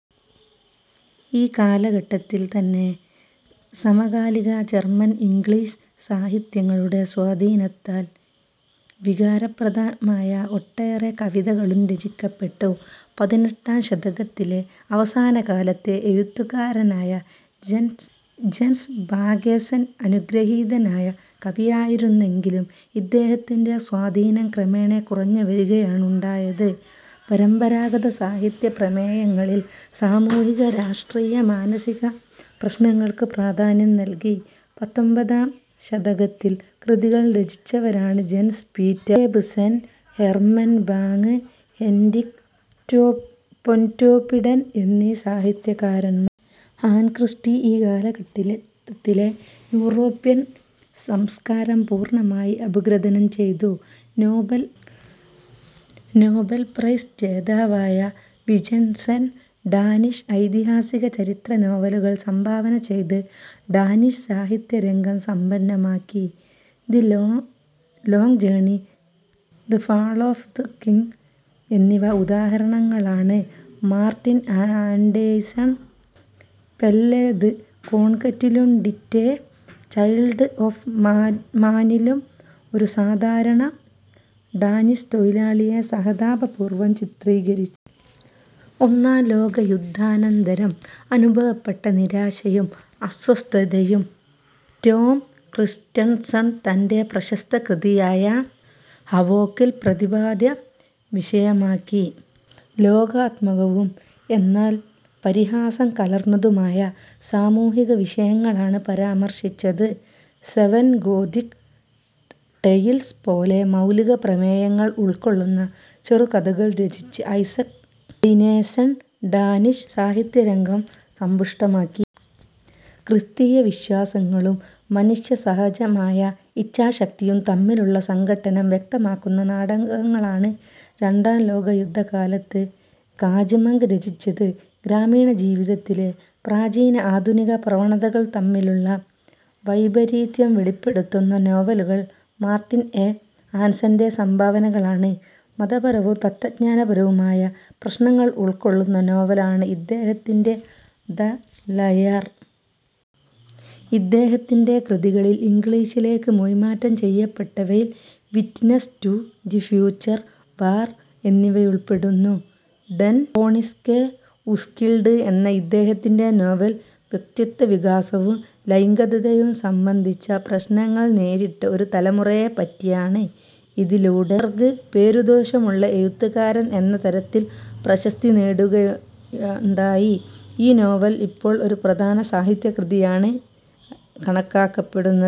ഈ കാലഘട്ടത്തിൽ തന്നെ സമകാലിക ജർമൻ ഇംഗ്ലീഷ് സാഹിത്യങ്ങളുടെ സ്വാധീനത്താൽ വികാരപ്രധാനമായ ഒട്ടേറെ കവിതകളും രചിക്കപ്പെട്ടു. പതിനെട്ടാം ശതകത്തിലെ അവസാനകാലത്തെ എഴുത്തുകാരനായ ജെൻസ് ബാഗ്ഗേസെൻ അനുഗൃഹീതനായ കവിയായിരുന്നെങ്കിലും ഇദ്ദേഹത്തിന്റെ സ്വാധീനം ക്രമേണ കുറഞ്ഞു വരുകയാണുണ്ടായത്. പരമ്പരാഗത സാഹിത്യ പ്രമേയങ്ങളിൽ സാമൂഹിക-രാഷ്ട്രീയ- മാനസിക പ്രശ്നങ്ങൾക്ക് പ്രാധാന്യം നൽകി പത്തൊൻപതാം ശതകത്തിൽ കൃതികൾ രചിച്ചവരാണ് Jens Peter, Jacobsen, Herman Bang, Henrik Pontoppidan എന്നീ സാഹിത്യകാരന്മാർ. ഹാൻസ്ക്രിസ്റ്റി ഈ കാലഘട്ടത്തിലെ യൂറോപ്യൻ സംസ്കാരം പൂർണമായി അപഗ്രഥനം ചെയ്തു. നോബൽ നോബൽ പ്രൈസ് ജേതാവായ വിജെൻസെൻ, ഡാനിഷ് ഐതിഹാസിക ചരിത്ര നോവലുകൾ സംഭാവന ചെയ്ത് ഡാനിഷ് സാഹിത്യ രംഗം സമ്പന്നമാക്കി. The long long journey, the fall of the king എന്നിവ ഉദാഹരണങ്ങളാണ്. മാർട്ടിൻ ആൻഡേഴ്സൺ, പെല്ലെ ദ് കോൺകറ്റിലും ഡിറ്റേ, ചൈൽഡ് ഒഫ് മാ മാനിലും ഒരു സാധാരണ ഡാനിഷ് തൊഴിലാളിയെ സഹതാപപൂർവം ചിത്രീകരിച്ചു. ഒന്നാം ലോകയുദ്ധാനന്തരം അനുഭവപ്പെട്ട നിരാശയും അസ്വസ്ഥതയും റ്റോം ക്രസ്റ്റൺസൺ തന്റെ പ്രശസ്ത കൃതിയായ ഹാവോക് ൽ പ്രതിപാദ്യ വിഷയമാക്കി. ലോകാത്മകവും എന്നാൽ പരിഹാസം കലർന്നതുമായ സാമൂഹിക വിഷയങ്ങളാണ് പരാമർശിച്ചത്. സെവൻ ഗോഥിക് ടെയിൽസ് പോലെ മൗലിക പ്രമേയങ്ങൾ ഉൾക്കൊള്ളുന്ന ചെറുകഥകൾ രചിച്ച് ഐസക് ഡിനേസെൻ ഡാനിഷ് സാഹിത്യരംഗം സമ്പുഷ്ടമാക്കി. ക്രിസ്തീയ വിശ്വാസങ്ങളും മനുഷ്യസഹജമായ ഇച്ഛാശക്തിയും തമ്മിലുള്ള സംഘട്ടനം വ്യക്തമാക്കുന്ന നാടകങ്ങളാണ് രണ്ടാം ലോകയുദ്ധകാലത്ത് കാജ് മങ്ക് രചിച്ചത്. ഗ്രാമീണ ജീവിതത്തിലെ പ്രാചീന-ആധുനിക പ്രവണതകൾ തമ്മിലുള്ള വൈപരീത്യം വെളിപ്പെടുത്തുന്ന നോവലുകൾ മാർട്ടിൻ എ. ഹാൻസെന്റെ സംഭാവനകളാണ്. മതപരവും തത്ത്വജ്ഞാനപരവുമായ പ്രശ്നങ്ങൾ ഉൾക്കൊള്ളുന്ന നോവലാണ് ഇദ്ദേഹത്തിന്റെ ദ ലയർ. ഇദ്ദേഹത്തിന്റെ കൃതികളിൽ ഇംഗ്ലീഷിലേയ്ക്ക് മൊഴിമാറ്റം ചെയ്യപ്പെട്ടവയിൽ witness to the future, war എന്നിവയുൾപ്പെടുന്നു. "ഡെൻ ക്രോണിസ്കേ ഉസ്കിൽഡ്" എന്ന ഇദ്ദേഹത്തിന്റെ നോവൽ വ്യക്തിത്വവികാസവും ലൈംഗികതയും സംബന്ധിച്ച പ്രശ്നങ്ങൾ നേരിട്ട ഒരു തലമുറയെപ്പറ്റിയാണ്. ഇതിലൂടെ റിഫ്ബ്ജെർഗ് 'പേരുദോഷമുള്ള' എഴുത്തുകാരൻ എന്ന തരത്തിൽ പ്രശസ്തി നേടുകയുണ്ടായി. ഈ നോവൽ ഇപ്പോൾ ഒരു പ്രധാന സാഹിത്യകൃതിയായാണ് കണക്കാക്കപ്പെടുന്നത്.